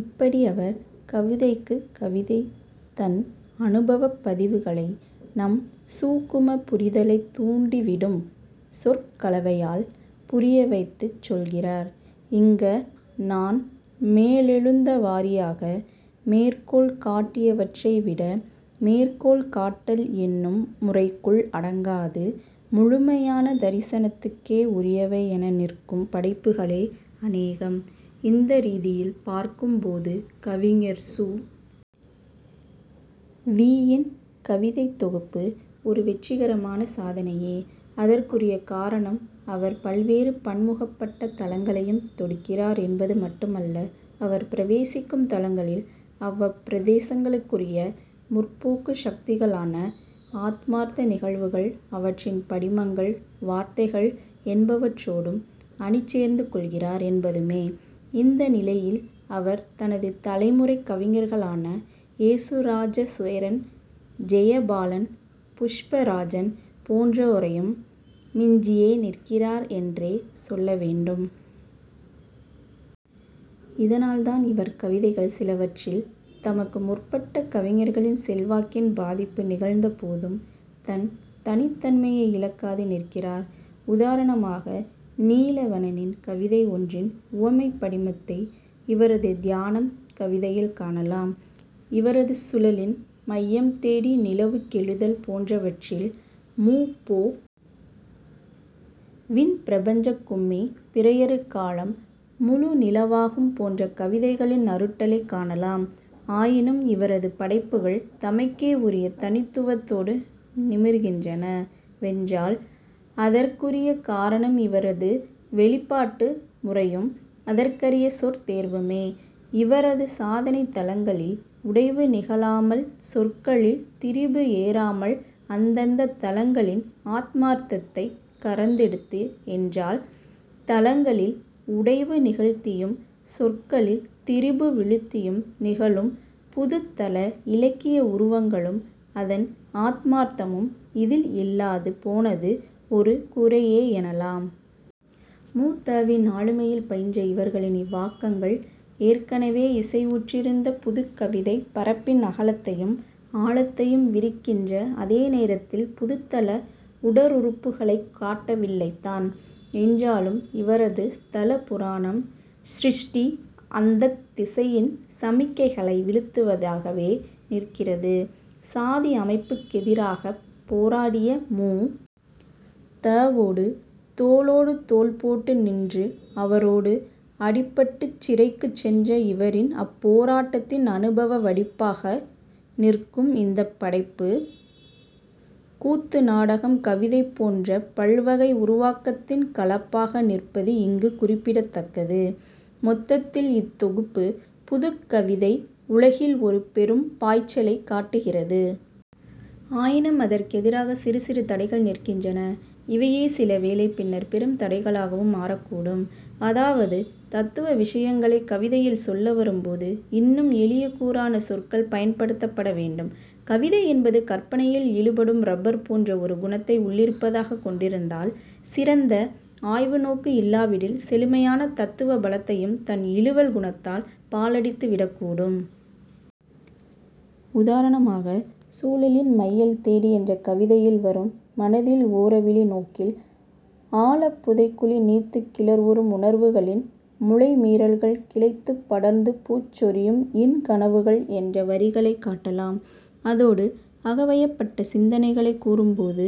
இப்படி அவர் கவிதைக்குக் கவிதை தன் அனுபவப் பதிவுகளை நம் சூக்கும புரிதலைத் தூண்டிவிடும் சொற்கலவையால் புரியவைத்துச் செல்கிறார். இங்க நான் மேலெழுந்தவாரியாக மேற்கோள் காட்டியவற்றை விட மேற்கோள் காட்டல் என்னும் முறைக்குள் அடங்காது முழுமையான தரிசனத்துக்கே உரியவை என நிற்கும் படைப்புகளே அனேகம். இந்த ரீதியில் பார்க்கும்போது கவிஞர் சு. வி. யின் கவிதைத் தொகுப்பு ஒரு வெற்றிகரமான சாதனையே. அதற்குரிய காரணம் அவர் பல்வேறு பன்முகப்பட்ட தளங்களையும் தொடுக்கிறார் என்பது மட்டுமல்ல அவர் பிரவேசிக்கும் தளங்களில் அவ்வப் பிரதேசங்களுக்குரிய முற்போக்குச் சக்திகளான ஆத்மார்த்த நிகழ்வுகள் அவற்றின் படிமங்கள் வார்த்தைகள் என்பவற்றோடும் அணிசேர்ந்துகொள்கிறார் என்பதுமே. இந்த நிலையில் அவர் தனது தலைமுறைக் கவிஞர்களான யேசுராசா சேரன் ஜெயபாலன் புஷ்பராஜன் போன்றோரையும் மிஞ்சியே நிற்கிறார் என்றே சொல்லவேண்டும். இதனால்தான் இவர் கவிதைகள் சிலவற்றில் தனக்கு முற்பட்ட கவிஞர்களின் செல்வாக்கின் பாதிப்பு நிகழ்ந்தபோதும் தன் தனித்தன்மையை இழக்காது நிற்கிறார். உதாரணமாக நீலாவணனின் கவிதை ஒன்றின் உவமைப் படிமத்தை இவரது தியானம் கவிதையில் காணலாம். இவரது சுழலின் மையம் தேடி நிலவுக் கெழுதல் போன்றவற்றில் மு. பொ. வின் பிரபஞ்சக்கும்மி பிறையருகாலம் முழுநிலவாகும் போன்ற கவிதைகளின் அருட்டலைக் காணலாம். ஆயினும் இவரது படைப்புகள் தமக்கே உரிய தனித்துவத்தோடு நிமிர்கின்றனவென்றால் அதற்குரிய காரணம் இவரது வெளிப்பாட்டு முறையும் அதற்கரிய சொற் தேர்வுமே. இவரது சாதனை தளங்களில் உடைவு நிகழாமல் சொற்களில் திரிபு ஏறாமல் அந்தந்தத் தளங்களின் ஆத்மார்த்தத்தைக் கறந்தெடுத்தது என்றால் தளங்களில் உடைவு நிகழ்த்தியும் சொற்களில் திரிபு விழுத்தியும் நிகழும் புதுத்தள இலக்கிய உருவங்களும் அதன் ஆத்மார்த்தமும் இதில் இல்லாது போனது ஒரு குறையே எனலாம். மு. த. வின் ஆளுமையில் பயின்ற இவரின் இவ்வாக்கங்கள் ஏற்கனவே இசைவுற்றிருந்த புதுக்கவிதைப் பரப்பின் அகலத்தையும் ஆழத்தையும் விரிக்கின்ற அதே நேரத்தில் புதுத்தள ஊடறுப்புகளைக் காட்டவில்லைத்தான். என்றாலும் இவரது ஸ்தல புராணம் சிருஷ்டி அந்தத் திசையின் சமிக்ஞைகளை விழுத்துவதாகவே நிற்கிறது. சாதி அமைப்புக் கெதிராகப் போராடிய மு. த. வோடு தோளோடு தோள்போட்டு நின்று அவரோடு அடிபட்டுச் சிறைக்குச்சென்ற இவரின் அப்போராட்டத்தின் அனுபவ வடிப்பாக நிற்கும் இந்தப் படைப்பு, கூத்து நாடகம் கவிதை போன்ற பல்வகை உருவாக்கத்தின் கலப்பாக நிற்பது இங்கு குறிப்பிடத்தக்கது. மொத்தத்தில் இத் தொகுப்பு புதுக்கவிதை உலகில் ஒரு பெரும் பாய்ச்சலைக் காட்டுகிறது. ஆயினும் அதற்கெதிராக சிறு சிறு தடைகள் நிற்கின்றன. இவையே சிலவேளை பின்னர் பெரும் தடைகளாகவும் மாறக்கூடும். அதாவது தத்துவ விஷயங்களைக் கவிதையில் சொல்லவரும்போது இன்னும் எளிய கூரான சொற்கள் பயன்படுத்தப்படவேண்டும். கவிதை என்பது கற்பனையில் இழுபடும் றப்பர் போன்ற ஒரு குணத்தை உள்ளிருப்பாகக் கொண்டிருப்பதால் சிறந்த ஆய்வு நோக்கு இல்லாவிடில் செழுமையான தத்துவ பலத்தையும் தன் இழுவல் குணத்தால் பாழடித்து விடக்கூடும். உதாரணமாக சுழலின் மையல் தேடி என்ற கவிதையில் வரும் மனதில் ஓரவிழி நோக்கில் ஆழப் புதைகுழி நீத்துக் கிளர்வுறும் உணர்வுகளின் முளை மீறல்கள் கிளைத்துப் படர்ந்து பூச்சொரியும் இன் கனவுகள் என்ற வரிகளைக் காட்டலாம். அதோடு அகவயப்பட்ட சிந்தனைகளைக் கூறும்போது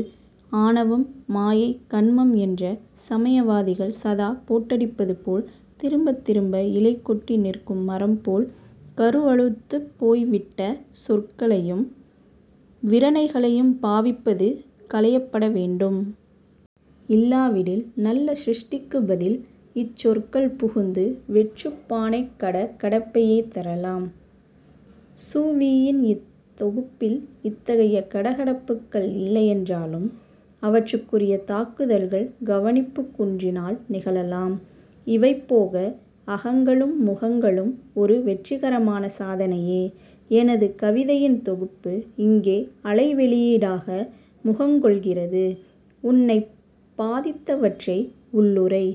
ஆணவம் மாயை கன்மம் என்று சமயவாதிகள் சதா போட்டடிப்பதுபோல் திரும்பத் திரும்ப இலை கொட்டி நிற்கும் மரம்போல் கருத்துவலுப் போய்விட்ட சொற்களையும் விரணைகளையும் பாவிப்பது களையப்பட வேண்டும். இல்லாவிடில் நல்ல சிருஷ்டிக்குப் பதில் இச்சொற்கள் புகுந்து வெற்றுப்பானைக் கட கடப்பையே தரலாம். சு. வி. யின் இத் தொகுப்பில் இத்தகைய கடகடப்புகள் இல்லையென்றாலும் அவற்றுக்குரிய தாக்குதல்கள் கவனிப்புக் குன்றினால் நிகழலாம். இவைபோக அகங்களும் முகங்களும் ஒரு வெற்றிகரமான சாதனையே. எனது கவிதைகளின் தொகுப்பு இங்கே அலைவெளியிடாக முகங்கொள்கிறது. என்னைப் பாதித்தவற்றை உள்ளுறை